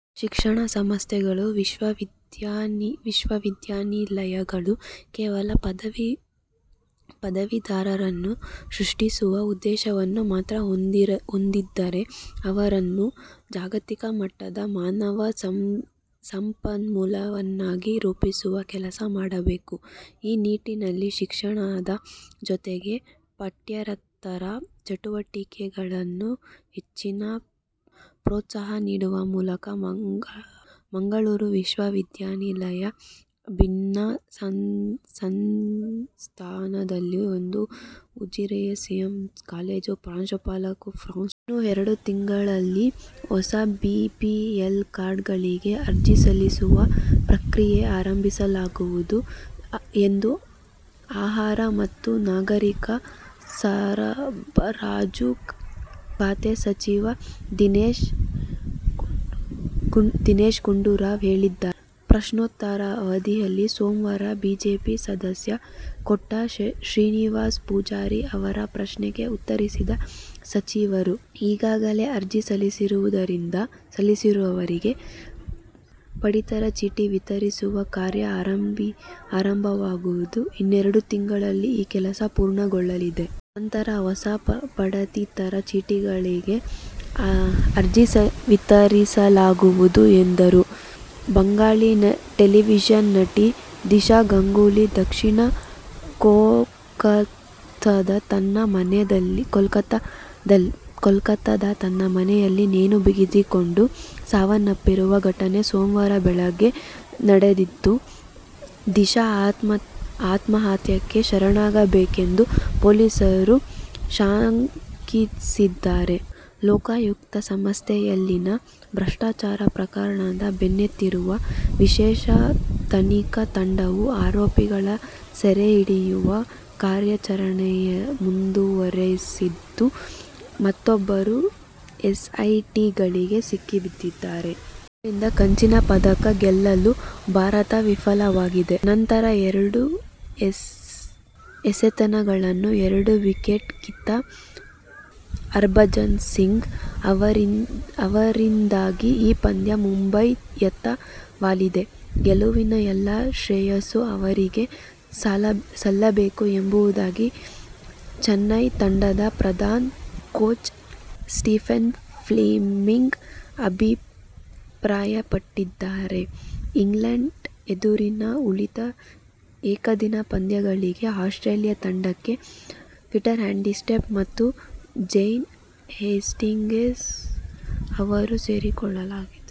ಶಿಕ್ಷಣ ಸಂಸ್ಥೆಗಳು, ವಿಶ್ವವಿದ್ಯಾನಿಲಯಗಳು ಕೇವಲ ಪದವೀದರರನ್ನು ಸೃಷ್ಟಿಸುವ ಉದ್ದೇಶವನ್ನು ಮಾತ್ರ ಹೊಂದಿರದೆ ಅವರನ್ನು ಜಾಗತಿಕ ಮಟ್ಟದ ಮಾನವ ಸಂಪನ್ಮೂಲವನ್ನಾಗಿ ರೂಪಿಸುವ ಕೆಲಸ ಮಾಡಬೇಕು. ಈ ನಿಟ್ಟಿನಲ್ಲಿ ಶಿಕ್ಷಣದ ಜೊತೆಗೆ ಪಠ್ಯೇತರ ಚಟುವಟಿಕೆಗಳಿಗೂ ಹೆಚ್ಚಿನ ಪ್ರೋತ್ಸಾಹ ನೀಡುವ ಮೂಲಕ ಮಂಗಳೂರು ವಿಶ್ವವಿದ್ಯಾನಿಲಯ ಭಿನ್ನ ಸ್ಥಾನದಲ್ಲಿದೆ ಎಂದು ಉಜಿರೆ ಎಸ್ಡಿಎಂ ಕಾಲೇಜಿನ ಪ್ರಾಂಶುಪಾಲ ಪ್ರೊ ಯಶೋವರ್ಮ ಅಭಿಪ್ರಾಯಪಟ್ಟರು. ಇನ್ನು ಎರಡು ತಿಂಗಳಲ್ಲಿ ಹೊಸ ಬಿಪಿಎಲ್ ಕಾರ್ಡ್ಗಳಿಗೆ ಅರ್ಜಿ ಸಲ್ಲಿಸುವ ಪ್ರಕ್ರಿಯೆ ಆರಂಭಿಸಲಾಗುವುದು ಎಂದು ಆಹಾರ ಮತ್ತು ನಾಗರಿಕ ಸರಬರಾಜು ಖಾತೆ ಸಚಿವ ದಿನೇಶ್ ಗುಂಡೂರಾವ್ ಹೇಳಿದ್ದಾರೆ. ಪ್ರಶ್ನೋತ್ತರ ಅವಧಿಯಲ್ಲಿ ಸೋಮವಾರ ಬಿಜೆಪಿ ಸದಸ್ಯ ಕೋಟ ಶ್ರೀನಿವಾಸ ಪೂಜಾರಿ ಅವರ ಪ್ರಶ್ನೆಗೆ ಉತ್ತರಿಸಿದ ಸಚಿವರು, ಈಗಾಗಲೇ ಅರ್ಜಿ ಸಲ್ಲಿಸಿದವರಿಗೆ ಪಡಿತರ ಚೀಟಿ ವಿತರಿಸುವ ಕಾರ್ಯ ಆರಂಭವಾಗಿದ್ದು, ಇನ್ನೆರಡು ತಿಂಗಳಲ್ಲಿ ಈ ಕೆಲಸ ಪೂರ್ಣಗೊಳ್ಳಲಿದೆ. ನಂತರ ಹೊಸ ಪಡಿತರ ಚೀಟಿಗಳಿಗೆ ಅರ್ಜಿ ವಿತರಿಸಲಾಗುವುದು ಎಂದರು. ಬಂಗಾಳಿ ಟೆಲಿವಿಷನ್ ನಟಿ ದಿಶಾ ಗಂಗೂಲಿ ದಕ್ಷಿಣ ಕೋಲ್ಕತಾದ ತನ್ನ ಮನೆಯಲ್ಲಿ ನೇಣು ಬಿಗಿದುಕೊಂಡು ಸಾವನ್ನಪ್ಪಿರುವ ಘಟನೆ ಸೋಮವಾರ ಬೆಳಗ್ಗೆ ನಡೆದಿದ್ದು, ದಿಶಾ ಆತ್ಮಹತ್ಯೆಗೆ ಶರಣಾಗಿರಬೇಕೆಂದು ಪೊಲೀಸರು ಶಂಕಿಸಿದ್ದಾರೆ. ಲೋಕಾಯುಕ್ತ ಸಂಸ್ಥೆಯಲ್ಲಿನ ಭ್ರಷ್ಟಾಚಾರ ಪ್ರಕರಣದ ಬೆನ್ನತ್ತಿರುವ ವಿಶೇಷ ತನಿಖಾ ತಂಡವು ಆರೋಪಿಗಳ ಸೆರೆ ಹಿಡಿಯುವ ಕಾರ್ಯಾಚರಣೆ ಮುಂದುವರಿಸಿದ್ದು, ಮತ್ತಿಬ್ಬರು ಎಸ್ಐಟಿ ಗಾಳಕ್ಕೆ ಸಿಕ್ಕಿಬಿದ್ದಿದ್ದಾರೆ. ಇದರಿಂದಾಗಿ ಕಂಚಿನ ಪದಕ ಗೆಲ್ಲಲು ಭಾರತ ವಿಫಲವಾಗಿದೆ. ನಿರಂತರ ಎರಡು ಎಸೆತಗಳಲ್ಲಿ ಎರಡು ವಿಕೆಟ್ ಕಿತ್ತ ಹರ್ಭಜನ್ ಸಿಂಗ್ ಅವರಿಂದಾಗಿ ಈ ಪಂದ್ಯ ಮುಂಬೈಯತ್ತ ವಾಲಿತು, ಗೆಲುವಿನ ಎಲ್ಲ ಶ್ರೇಯಸ್ಸು ಅವರಿಗೇ ಸಲ್ಲಬೇಕು ಎಂಬುದಾಗಿ ಚೆನ್ನೈ ತಂಡದ ಪ್ರಧಾನ ಕೋಚ್ ಸ್ಟೀಫನ್ ಫ್ಲೆಮಿಂಗ್ ಅಭಿಪ್ರಾಯಪಟ್ಟಿದ್ದಾರೆ. ಇಂಗ್ಲೆಂಡ್ ಎದುರಿನ ಉಳಿದ ಏಕದಿನ ಪಂದ್ಯಗಳಿಗಾಗಿ ಆಸ್ಟ್ರೇಲಿಯ ತಂಡಕ್ಕೆ ಪೀಟರ್ ಹ್ಯಾಂಡ್ಸ್ಕಾಂಬ್ ಮತ್ತು ಜಾನ್ ಹೇಸ್ಟಿಂಗ್ಸ್ ಅವರನ್ನು ಸೇರಿಸಿಕೊಳ್ಳಲಾಗಿದೆ.